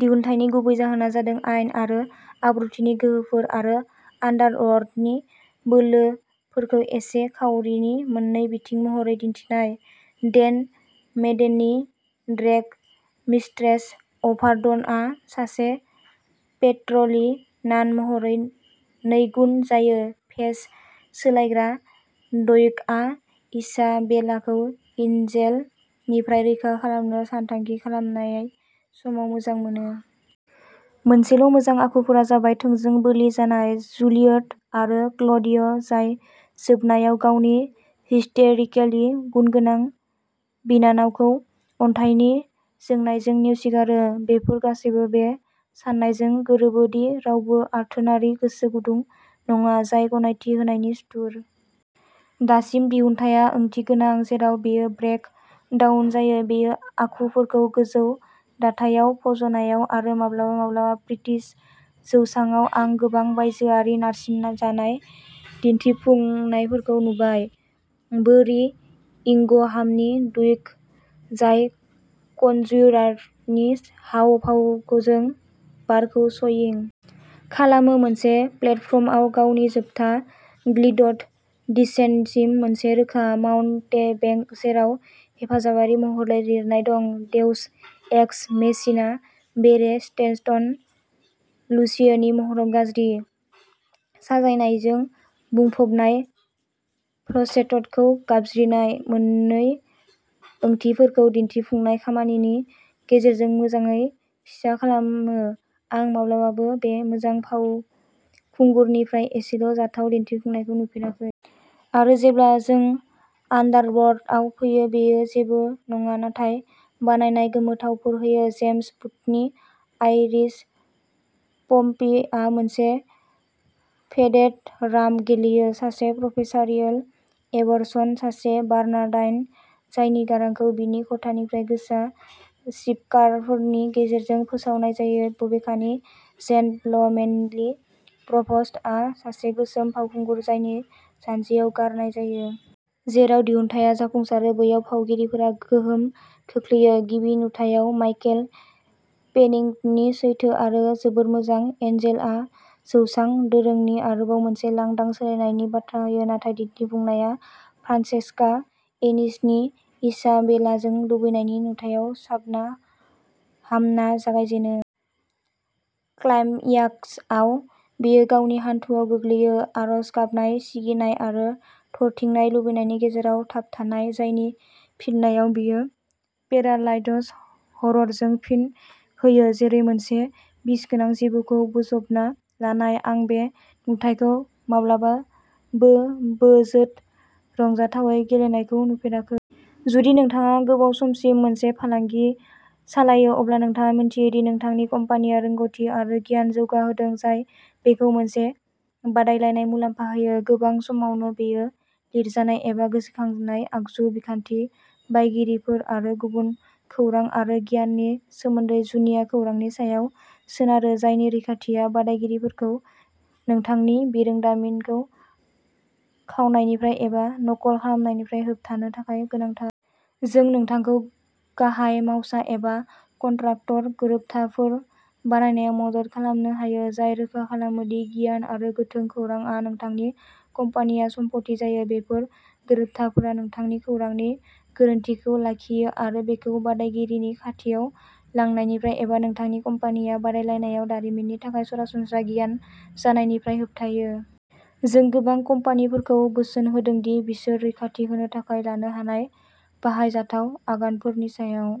दिहुनथायनि गुबै जाहोना जादों आयेन आरो आब्रुथिनि गोहोफोर आरो आन्डारवर्ल्डनि बोलिफोरखौ एखे खावरिनि मोन्नै बिथिं महरै दिन्थिनाय। डेन मेडेननि ड्रेग मिस्ट्रेस अभारडनआ सासे पोर्टलि नान महरै नैगुन जायो भेस सोलायग्रा ड्युकआ इसाबेलाखौ एन्जेल'निफ्राय रैखा खालामनो सानथांखि खालामनाय समाव मोजां मोनो। मोनसेल'मोजां आखुफोरा जाबाय थोंजों बोलि जानाय जुलियट आरो क्ल'डिय जाय जोबनायाव गावनि हिस्टेरिकेलि गुनगोनां बिनानावखौ अन्थाइनि जोंनायजों नेवसिगारो। बेफोर गासैबो बे साननायजों गोरोबो दि रावबो आथोनारि गोसो गुदुं नङा जाय गनायथि होनायनि सुथुर। दासिम, दिहुनथाया ओंथिगोनां जेराव बेयो ब्रेक डाउन जायो बेयो आखुफोरखौ गोजौ दाथायाव फज'नायाव; आरो माब्लाबा माब्लाबा ब्रिटिस जौसाङाव आं गोबां बायजोआरि नारसिनजानाय दिन्थिफुंनायफोरखौ नुबाय। बैरी इंगहामनि ड्युक, जाय कनज्युरारनि हाव भावजों बारखौ स'यिं खालामो मोनसे प्लेटफर्मआव गावनि जोबथा गिल्डड डिसेन्टसिम मोनसे रोखा माउन्टेबेंक जेराव हेफाजाबारि महरै लिरनाय दं देउस एक्स मेचिना बेरि स्टेनटन लुसिय'नि महराव गाज्रि साजायनायजों बुंफबनाय फाल्सेट्ट'खौ गाबज्रिनाय मोननै ओंथिफोरखौ दिनथिफुंनाय खामानिनि गेजेरजों मोजाङै फिसा खालामो आं माब्लाबाबो बे मोजां फावखुंगुरनिफ्राय एसेल'जाथाव दिन्थिफुंनायखौ नुफेराखै। आरो जेब्ला जों आन्डारवर्ल्डआव फैयो बेयो जेबो नङा नाथाय बानायनाय गोमोथावफोर होयो जेम्स बुथनि आइरिश पम्पीआ मोनसे पेडेड राम्प गेलेयो सासे प्रफेसारियेल एबरसन, सासे बार्नाडाइन जायनि गारांखौ बिनि खथानिफ्राय गोसा स्पिकारफोरनि गेजेरजों फोसावनाय जायो बबेखानि जेन्टलमेनलि प्रभस्टआ सासे गोसोम फावखुंगुर जायनि जान्जियाव गारनाय जायो। जेराव दिहुनथाया जाफुंसारो, बैयाव फावगिरिफोरा गोहोम खोख्लैयो। गिबि नुथायाव माइकेल पेनिंगटननि सैथो आरो जोबोद मोजां एन्जेल'आ जौसां दोरोंनि आरोबाव मोनसे लांदां सोलायनायनि बाथ्रा होयो नाथाय दिन्थिफुंनाया फ्रान्सेस्का एनिसनि इसाबेलाजों लुबैनायनि नुथायाव साबना-हामना जागायजेनो। क्लाइम्याक्सआव बियो गावनि हान्थुआव गोग्लैयो, आरज गाबनाय सिगिनाय आरो थरथिंनाय लुबैनायनि गेजेराव थाबथानान जायनि फिननायाव बियो पेरालाइज्ड हररजों फिन होयो जेरै मोनसे बिसगोनां जिबौखौ बोजबना लानाय। आं बे नुथायखौ माब्लाबाबोबोजोद रंजाथावै गेलेनायखौ नुफेराखै। जुदि नोंथाङा गोबाव समसिम मोनसे फालांगि सालायो अब्ला नोंथाङा मिन्थियो दि नोंथांनि कम्पानिया रोंग'थि आरो गियान जौगाहोदों जाय बेखौ मोनसे बादायलायनाय मुलाम्फा होयो। गोबां समावनो बेयो लिरजानाय एबा गोसोखांजानाय आगजु, बिखान्थि, बायगिरिफोर, आरो गुबुन खौरां आरो गियाननि सोमोन्दै जुनिया खौरांनि सायाव सोनारो जायनि रैखाथिआ बादायगिरिफोरखौ नोंथांनि बिरोंदामिनखौ खावनायनिफ्राय एबा नकल खालामनायनिफ्राय होबथानो थाखाय गोनांथार। जों नोंथांखौ गाहाय मावसा एबा कन्ट्राक्टर गोरोबथाफोर बानायनायाव मदद खालामनो हायो जाय रोखा खालामो दि गियान आरो गोथों खौरांआ नोंथांनि कम्पानिया सम्पथि जायो। बेफोर गोरोबथाफोरा नोंथांनि खौरांनि गोरोनथिखौ लाखियो आरो बेखौ बादायगिरिनि खाथियाव लांनायनिफ्राय एबा नोंथांनि कम्पानिया बादायलायनायाव दारिमिननि थाखाय सरासनस्रा गियान जानायनिफ्राय होबथायो। जों गोबां कम्पानिफोरखौ बोसोन होदों दि बिसोर रैखाथि होनो थाखाय लानो हानाय बाहायजाथाव आगानफोरनि सायाव।